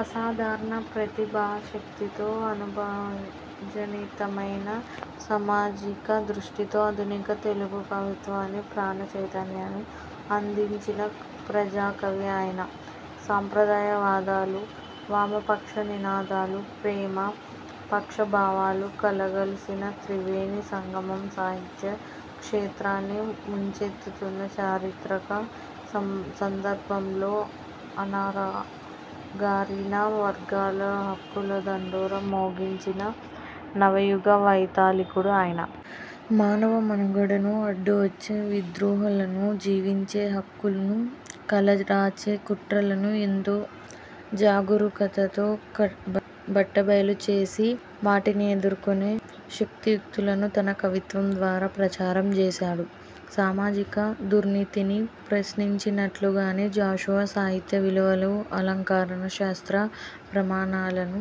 అసాధారణ ప్రతిభాశక్తితో అనుభవజనితమైన సమాజిక దృష్టితో ఆధునిక తెలుగు కవిత్వానికి ప్రాణ చైతన్యాన్ని అందించిన ప్రజాకవి ఆయన. సంప్రదాయ వాదాలు, వామపక్ష నినాదాలు, 'ప్రేమ' పక్ష భావాలు కలగలసిన త్రివేణి సంగమం సాహిత్య క్షేత్రాన్ని ముంచెత్తుతున్న చారిత్రక సందర్భంలో అణగారిన వర్గాల హక్కుల దండోరా మోగించిన నవయుగ వైతాళికుడు ఆయన. మానవ మనుగడకు అడ్డువచ్చే విద్రోహాలను, జీవించేహక్కును కాలరాచే కుట్రలను ఎంతో జాగురూకతతో బట్టబయలు చేసి, వాటిని ఎదుర్కొనే శక్తియుక్తులను తన కవిత్వం ద్వారా ప్రచారం జేశాడు. సామాజిక దుర్నీతిని ప్రశ్నించినట్లుగానే జాషువా సాహిత్య విలువలను, అలంకార శాస్త్ర ప్రమాణాలను,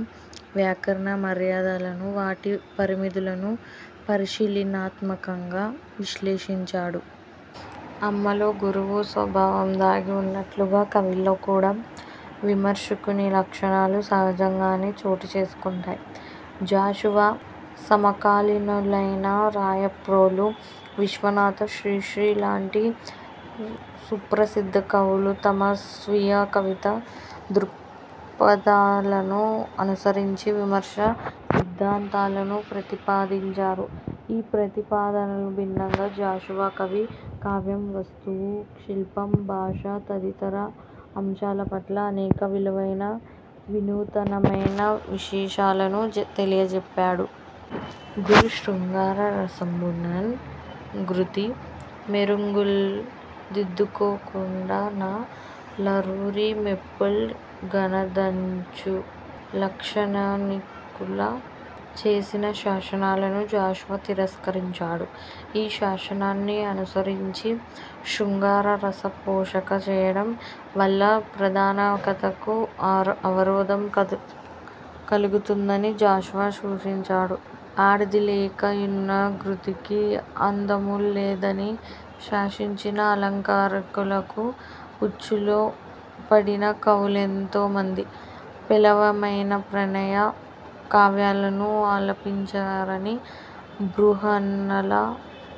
వ్యాకరణ మర్యాదలను, వాటి పరిమితులను పరిశీలనాత్మకంగా విశ్లేషించాడు. అమ్మలో గురువు స్వభావం దాగి ఉన్నట్లుగా కవిలో కూడా విమర్శకుని లక్షణాలు సహజంగానే చోటుచేసుకుంటాయి. జాషువా సమకాలీనులైన రాయప్రోలు, విశ్వనాథ, శ్రీశ్రీ లాంటి సుప్రసిద్థ కవులు తమ స్వీయ కవితా దృక్పథాలను అనుసరించి విమర్శ సిద్థాంతాలను ప్రతిపాదించారు. ఈ ప్రతిపాదనలకు భిన్నంగా జాషువా కవి, కావ్యం, వస్తువు, శిల్పం, భాష తదితర అంశాలపట్ల అనేక విలువైన, వినూతనమైన విశేషాలను తెలియజెప్పాడు. ''గురు శృంగార రసంబునన్ గృతి మెఱుంగుల్ దిద్దుకోకుండ న/ లర్వురిమెప్పుల్ గనదంచు'' లక్షనాణికులు చేసిన శాసనాలను జాషువా తిరస్కరించాడు. ఈ శాసనాన్ని అనుసరించి శృంగార రస పోషణ చేయడం వల్ల ప్రధాన కథకు అవరోధం కలుగుతుందని జాషువా సూచించాడు. ''ఆడది లేకయున్న గృతికి అందములేదని'' శాసించిన ఆలంకారీకుల ఉచ్చులో పడిన కవులెంతోమంది పేలవమైన ప్రణయ కావ్యాలను ఆలపించారని, బృహన్నల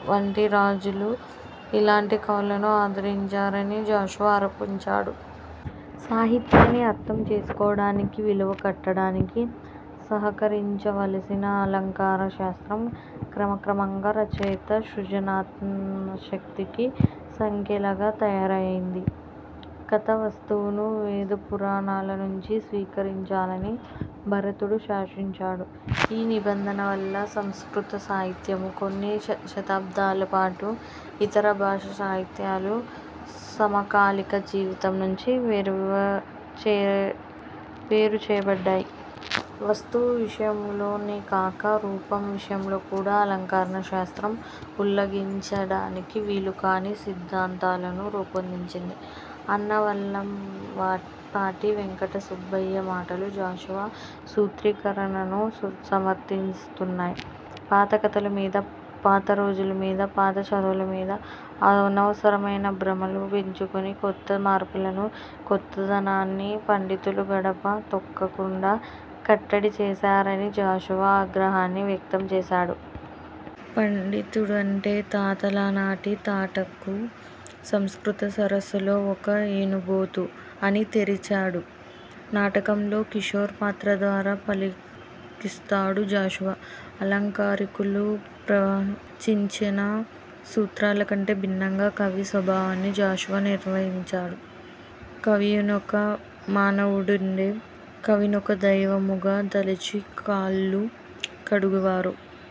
వంటి రాజులు ఇలాంటి కవులను ఆదరించారని జాషువా ఆరోపించాడు. ''సాహిత్యాన్ని అర్థం చేసుకోవడానికి, విలువ కట్టడానికి సహకరించ వలసిన అలంకార శాస్త్రం క్రమక్రమంగా రచయిత సృజనశక్తికి సంకెలగా తయారయ్యింది. కథా వస్తువును వేదపురాణాలనుంచే స్వీకరించాలని భరతుడు శాసించాడు. ఈ నిబంధన వల్ల సంస్కృత సాహిత్యము, కొన్ని శతాబ్దాలపాటు ఇతర భాషా సాహిత్యాలు సమకాలీన జీవితం నుండి వేరుచేయబడ్డాయి. వస్తువు విషయములోనేకాక రూపం విషయంలో కూడా అలంకార శాస్త్రం ఉల్లఘించడానికి వీలుకాని సిద్థాంతాలను రూపొందించింది'' అన్న వల్లంపాటి వెంకటసుబ్బయ్య మాటలు జాషువా సూత్రీకరణను సమర్థిస్తున్నాయి. ''పాత కథల మీద, పాత రోజుల మీద, పాత చదువుల మీద అనవసరమైన భ్రమలు పెంచుకొని, కొత్త మార్పులను, కొత్తదనాన్ని పండితులు గడప తొక్కకుండా కట్టడి చేశార''ని జాషువా ఆగ్రహాన్ని వ్యక్తం చేశాడు. పండితుడంటే తాతలనాటి తాటకు, సంస్కృత సరస్సులో ఒక ఎనుబోతు'' అని తెరచాటు నాటకంలో కిశోర్ పాత్ర ద్వారా పలకిస్తాడు జాషువా. ఆలంకారికులు ప్రవచించిన సూత్రాలకంటే భిన్నంగా కవి స్వభావాన్ని జాషువా నిర్వచించాడు. ''కవియునొక మానవుండే / కవినొక దైవముగ దలచి కాళ్ళు కడుగువారు''